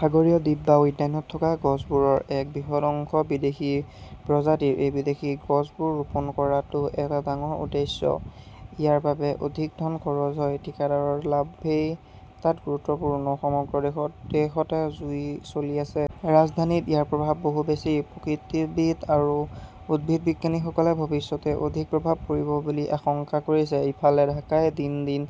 সাগৰীয় দ্বীপ বা উদ্যানত থকা গছবোৰৰ এক বৃহৎ অংশ বিদেশী প্ৰজাতিৰ। এই বিদেশী গছবোৰ ৰোপণ কৰাটো এটা ডাঙৰ উদ্দেশ্য, ইয়াৰ বাবে অধিক ধন খৰচ হয়। ঠিকাদাৰৰ লাভই তাত গুৰুত্বপূৰ্ণ। সমগ্ৰ দেশতে জুই চলি আছে। ৰাজধানীত ইয়াৰ প্ৰভাৱ বহু বেছি। প্ৰকৃতিবিদ আৰু উদ্ভিদবিজ্ঞানীসকলে ভৱিষ্যতে অধিক প্ৰভাৱ পৰিব বুলি আশংকা কৰিছে। ইফালে, ঢাকাই দিন-দিন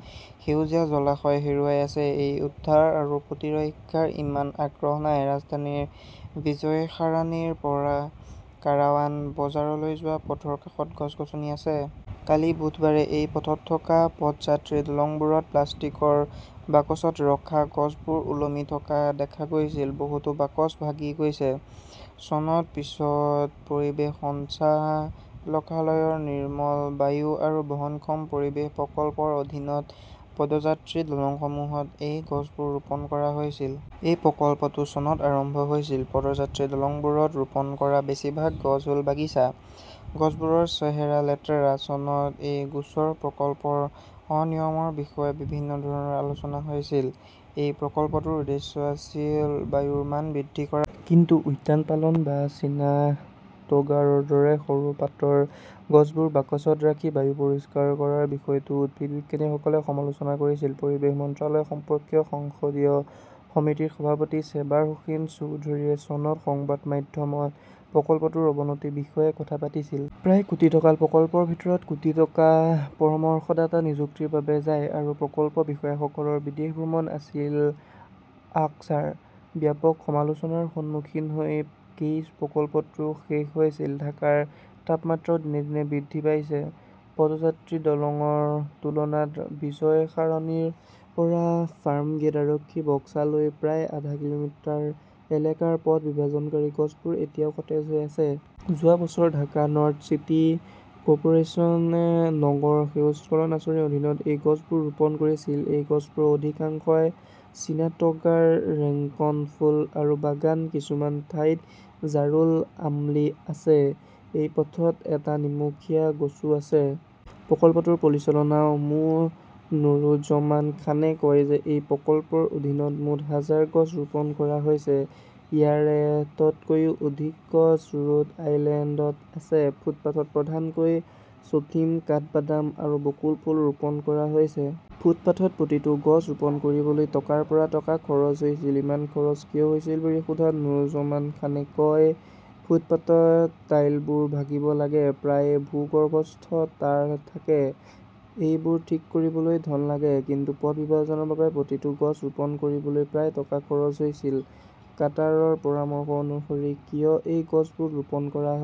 সেউজীয়া, জলাশয় হেৰুৱাই আছে। এই উদ্ধাৰ আৰু প্ৰতিৰক্ষাত ইমান আগ্ৰহ নাই। ৰাজধানীৰ বিজয় সৰাণীৰ পৰা কাৰাৱান বজাৰলৈ যোৱা পথৰ কাষত গছ-গছনি আছে। কালি বুধবাৰে এই পথত থকা পদযাত্ৰী-দলংবোৰত প্লাষ্টিকৰ বাকচত ৰখা গছবোৰ ওলমি থকা দেখা গৈছিল। বহুতো বাকচ ভাঙি গৈছে। চনৰ পিছত পৰিৱেশ সঞ্চালকালয়ৰ 'নিৰ্মল বায়ু আৰু বহনক্ষম পৰিৱেশ প্ৰকল্প " ৰ অধীনত পদযাত্ৰী-দলংসমূহত এই গছবোৰ ৰোপণ কৰা হৈছিল। এই প্ৰকল্পটো চনত আৰম্ভ হৈছিল। পদযাত্ৰী-দলংবোৰত ৰোপণ কৰা বেছিভাগ গছ হ 'ল বাগিচা। গছবোৰৰ চেহেৰা লেতেৰা। চনত এই গোচৰ প্ৰকল্পৰ অনিয়মৰ বিষয়ে বিভিন্ন ধৰণৰ আলোচনা হৈছিল। এই প্ৰকল্পটোৰ উদ্দেশ্য আছিল বায়ুৰ মান বৃদ্ধি কৰা। কিন্তু উদ্যানপালন বা চীনা টগাৰৰ দৰে সৰু পাতৰ গছবোৰ বাকচত ৰাখি বায়ু পৰিষ্কাৰ কৰাৰ বিষয়টো উদ্ভিদবিজ্ঞানীসকলে সমালোচনা কৰিছিল। পৰিৱেশ মন্ত্ৰালয় সম্পৰ্কীয় সংসদীয় সমিতিৰ সভাপতি চেবাৰ হোসেন চৌধুৰীয়ে চনত সংবাদ মাধ্যমত প্ৰকল্পটোৰ অৱনতিৰ বিষয়ে কথা পাতিছিল। প্ৰায় কোটি টকাৰ প্ৰকল্পৰ ভিতৰত কোটি টকা পৰামৰ্শদাতা নিযুক্তিৰ বাবে যায়। আৰু প্ৰকল্প বিষয়াসকলৰ বিদেশ ভ্ৰমণ আছিল আকছাৰ। ব্যাপক সমালোচনাৰ সন্মুখীন হৈ কেইছ প্ৰকল্পটো শেষ হৈছিল। ঢাকাৰ তাপমাত্ৰাও দিনে দিনে বৃদ্ধি পাইছে। পদযাত্ৰী-দলংৰ তুলনাত বিজয় সৰাণীৰ পৰা ফাৰ্মগেট আৰক্ষী বক্সলৈকে প্ৰায় আধা কিলোমিটাৰ এলেকাৰ পথ বিভাজনকাৰী গছবোৰ এতিয়াও সতেজ হৈ আছে। যোৱা বছৰ ঢাকা নৰ্থ চিটি কৰ্পোৰেচনে 'নগৰ সেউজকৰণ "আঁচনিৰ অধীনত এই গছবোৰ ৰোপণ কৰিছিল। এই গছবোৰৰ অধিকাংশই চীনা টগাৰ, ৰেংকন ফুল আৰু বাগান। কিছুমান ঠাইত জাৰুল, আমলী আছে। এই পথত এটা নিমখীয়া গছও আছে। প্ৰকল্পটোৰ পৰিচালক মো. নুৰুজ্জমান খানে কয় যে এই প্ৰকল্পৰ অধীনত মুঠ হাজাৰ গছ ৰোপণ কৰা হৈছে। ইয়াৰে তকৈও অধিক গছ ৰোড আইলেণ্ডত আছে। ফুটপাতত প্ৰধানকৈ চথিম, কাঠবাদাম আৰু বকুল ফুল ৰোপণ কৰা হৈছে। ফুটপাতত প্ৰতিটো গছ ৰোপণ কৰিবলৈ টকাৰ পৰা টকা খৰচ হৈছিল। ইমান খৰচ কিয় হৈছিল বুলি সোধাত নুৰুজ্জমান খানে কয়, "ফুটপাতত টাইলবোৰ ভাঙিব লাগিব। প্ৰায়ে ভূগৰ্ভস্থ তাঁৰ থাকে। এইবোৰ ঠিক কৰিবলৈও ধন লাগে। "কিন্তু পথ বিভাজনৰ বাবে প্ৰতিটো গছ ৰোপণ কৰিবলৈ প্ৰায় টকা খৰচ হৈছিল। কাটাৰৰ পৰামৰ্শ অনুসৰি কিয় এই গছবোৰ ৰোপণ কৰা